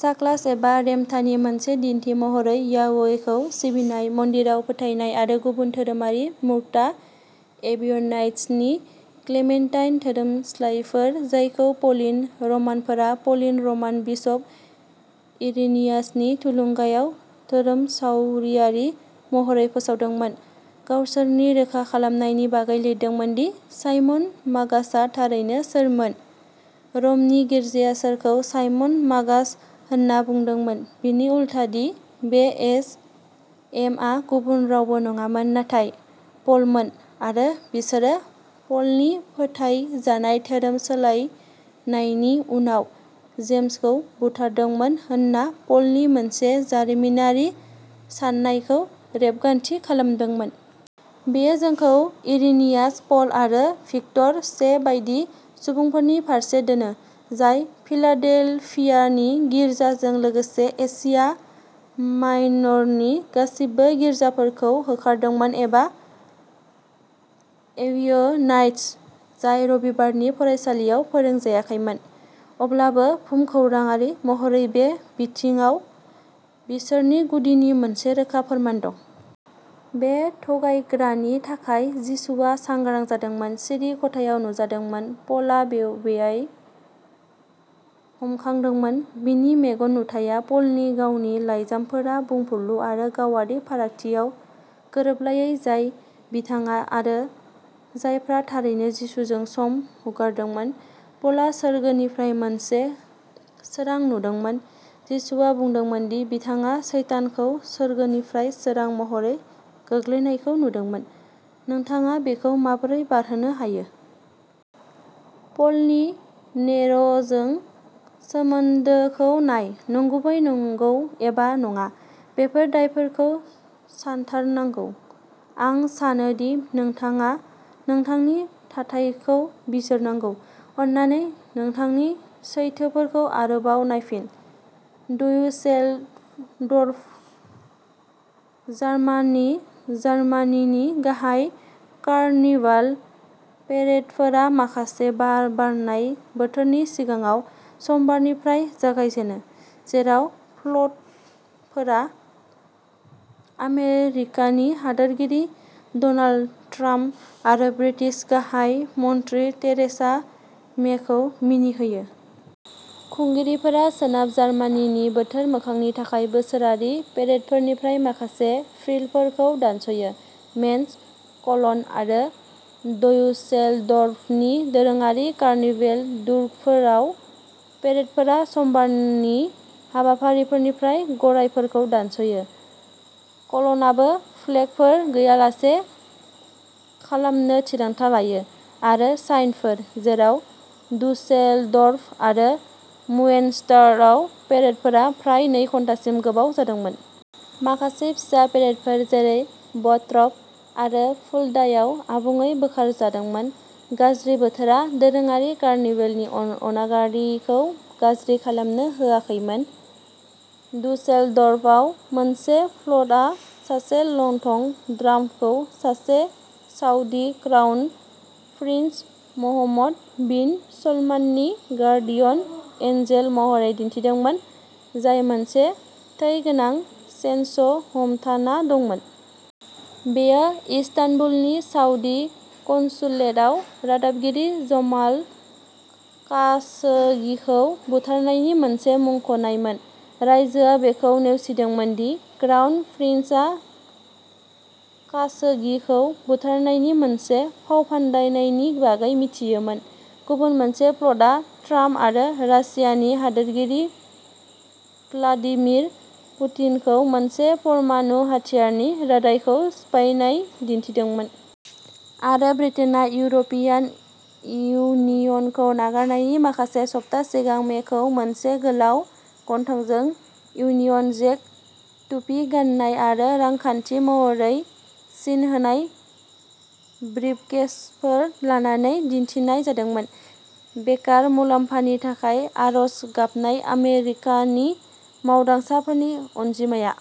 साक्लास एबा रेमथाननि मोनसे दिन्थि महरै याहवेखौ सिबिनाय, मन्दिराव फोथायनाय आरो गुबुन धोरोमारि मूर्खता एबिय'नाइट्सनि क्लेमेन्टाइन धोरोमस्लायफोर, जायखौ प'लिन रमानफोरा प'लिन रमान बिसप इरिनियासनि थुलुंगायाव "धोरोमसावरियारि" महरै फोसावदोंमोन, गावसोरनि रोखा खालामनायनि बागै लिरदोंमोन दि साइमन मागासआ थारैनो सोरमोन, रमनि गिर्जाया सोरखौ साइमन मागास होनना बुंदोंमोन बिनि उलथा दि बे एस एम आ गुबुन रावबो नङामोन नाथाय प'लमोन आरो बिसोरो प'लनि फोथायजानाय धोरोम सोलायनायनि उनाव जेम्सखौ बुथारदोंमोन होनना प'लनि मोनसे जारिमिनारि साननायखौ रेबगान्थि खालामदोंमोन। बेयो जोंखौ इरिनियास, प'ल आरो भिक्टर से बायदि सुबुंफोरनि फारसे दोनो, जाय फिलाडेल्फियानि गिर्जाजों लोगोसे एशिया माइनरनि गासिबो गिर्जाफोरखौ होखारदोंमोन एबा एबिय'नाइट्स जाय रबिबारनि फरायसालियाव फोरोंजायाखैमोन, अब्लाबो भुमखौराङारि महरै बे बिथिङाव बिसोरनि गुदिनि मोनसे रोखा फोरमान दं। बे थगायग्रानि थाखाय, जिसुआ सांग्रां जादोंमोन, सिरि खथायाव नुजादोंमोन, प'लआ बबेहाय हामखांदोंमोन? बिनि मेगन नुथाइया पलनि गावनि लाइजामफोरा बुंफुरलु आरो गावारि फारागथियाव गोरोबलायै, जाय बिथाङा आरो जायफ्रा थारैनो जिसुजों सम हगारदोंमोन। पलआ सोरगोनिफ्राय मोनसे सोरां नुदोंमोन, जिसुआ बुंदोंमोन दि बिथाङा सैतानखौ सोरगोनिफ्राय सोरां महरै गोग्लैनायखौ नुदोंमोन, नोंथाङा बेखौ माबोरै बारहोनो हायो? पलनि नेर'जों सोमोन्दोखौ नाय नंगुबै नंगौ एबा नङा, बेफोर दायफोरखौ सानथारनांगौ। आं सानो दि नोंथाङा नोंथांनि थाथायखौ बिजिरनांगौ। अन्नानै, नोंथांनि सैथोफोरखौ आरोबाव नायफिन। ड्युसेलडर्फ, जार्मानी जार्मानीनि गाहाय कार्निभाल पेरेडफोरा माखासे बार बारनाय बोथोरनि सिगाङाव समबारनिफ्राय जागायजेनो, जेराव फ्ल'टफोरा आमेरिकानि हादोरगिरि डनाल्ड ट्राम्प आरो ब्रिटिश गाहाय मन्थ्रि थेरेसा मेखौ मिनिहोयो। खुंगिरिफोरा सोनाब जार्मानीनि बोथोर मोखांनि थाखाय बोसोरारि पेरेडफोरनिफ्राय माखासे फ्रिलफोरखौ दानस'यो। मेन्ज, क'लन आरो ड्युसेलडर्फनि दोरोङारि कार्निभेल दुर्गफोराव पेरेडफोरा समबारनि हाबाफारिफोरनिफ्राय गरायफोरखौ दानस'यो। क'लनआबो फ्लेगफोर गैयालासे खालामनो थिरांथा लायो आरो साइनफोर, जेराव डुसेलडर्फ आरो मुएनस्टारआव पेरेडफोरा फ्राय नै घन्टासिम गोबाव जादोंमोन। माखासे फिसा पेरेडफोर, जेरै बट्रप आरो फुल्डायाव आबुङै बोखारजादोंमोन। गाज्रि बोथोरा दोरोङारि कार्निभेलनि अनागारिखौ गाज्रि खालामनो होआखैमोन। डुसेलडर्फआव, मोनसे फ्ल'टआ सासे लंथं ट्राम्पखौ सासे Saudi crown prince Mohammed bin सलमाननि गार्डियन एन्जेल महरै दिन्थिदोंमोन, जाय मोनसे थै गोनां चेनस'हमथाना दंमोन। बेयो इस्तानबुलनि साउदी कन्सुलेटआव रादाबगिरि जमाल खाशोगिखौ बुथारनायनि मोनसे मुंख'नायमोन। रायजोआ बेखौ नेवसिदोंमोन दि क्राउन प्रिन्सआ खाशोगिखौ बुथारनायनि मोनसे फावफान्दायनायनि बागै मिथियोमोन। गुबुन मोनसे फ्ल'टआ ट्राम्प आरो रासियानि हादोरगिरि भ्लादिमिर पुतिनखौ मोनसे परमाणु हाथियारनि रादाइखौ सिफायनाय दिन्थिदोंमोन। आरो ब्रिटेनआ इउर'पियान इउनियनखौ नागारनायनि माखासे सप्ता सिगां मेखौ मोनसे गोलाव गन्थंजों इउनियन जेक टुपि गान्नाय आरो "रांखान्थि" महरै सिन होनाय ब्रिफकेसफोर लानानै दिन्थिनाय जादोंमोन। बेकार मुलाम्फानि थाखाय आर'ज गाबनाय आमेरिकानि मावदांसाफोरनि अनजिमाया।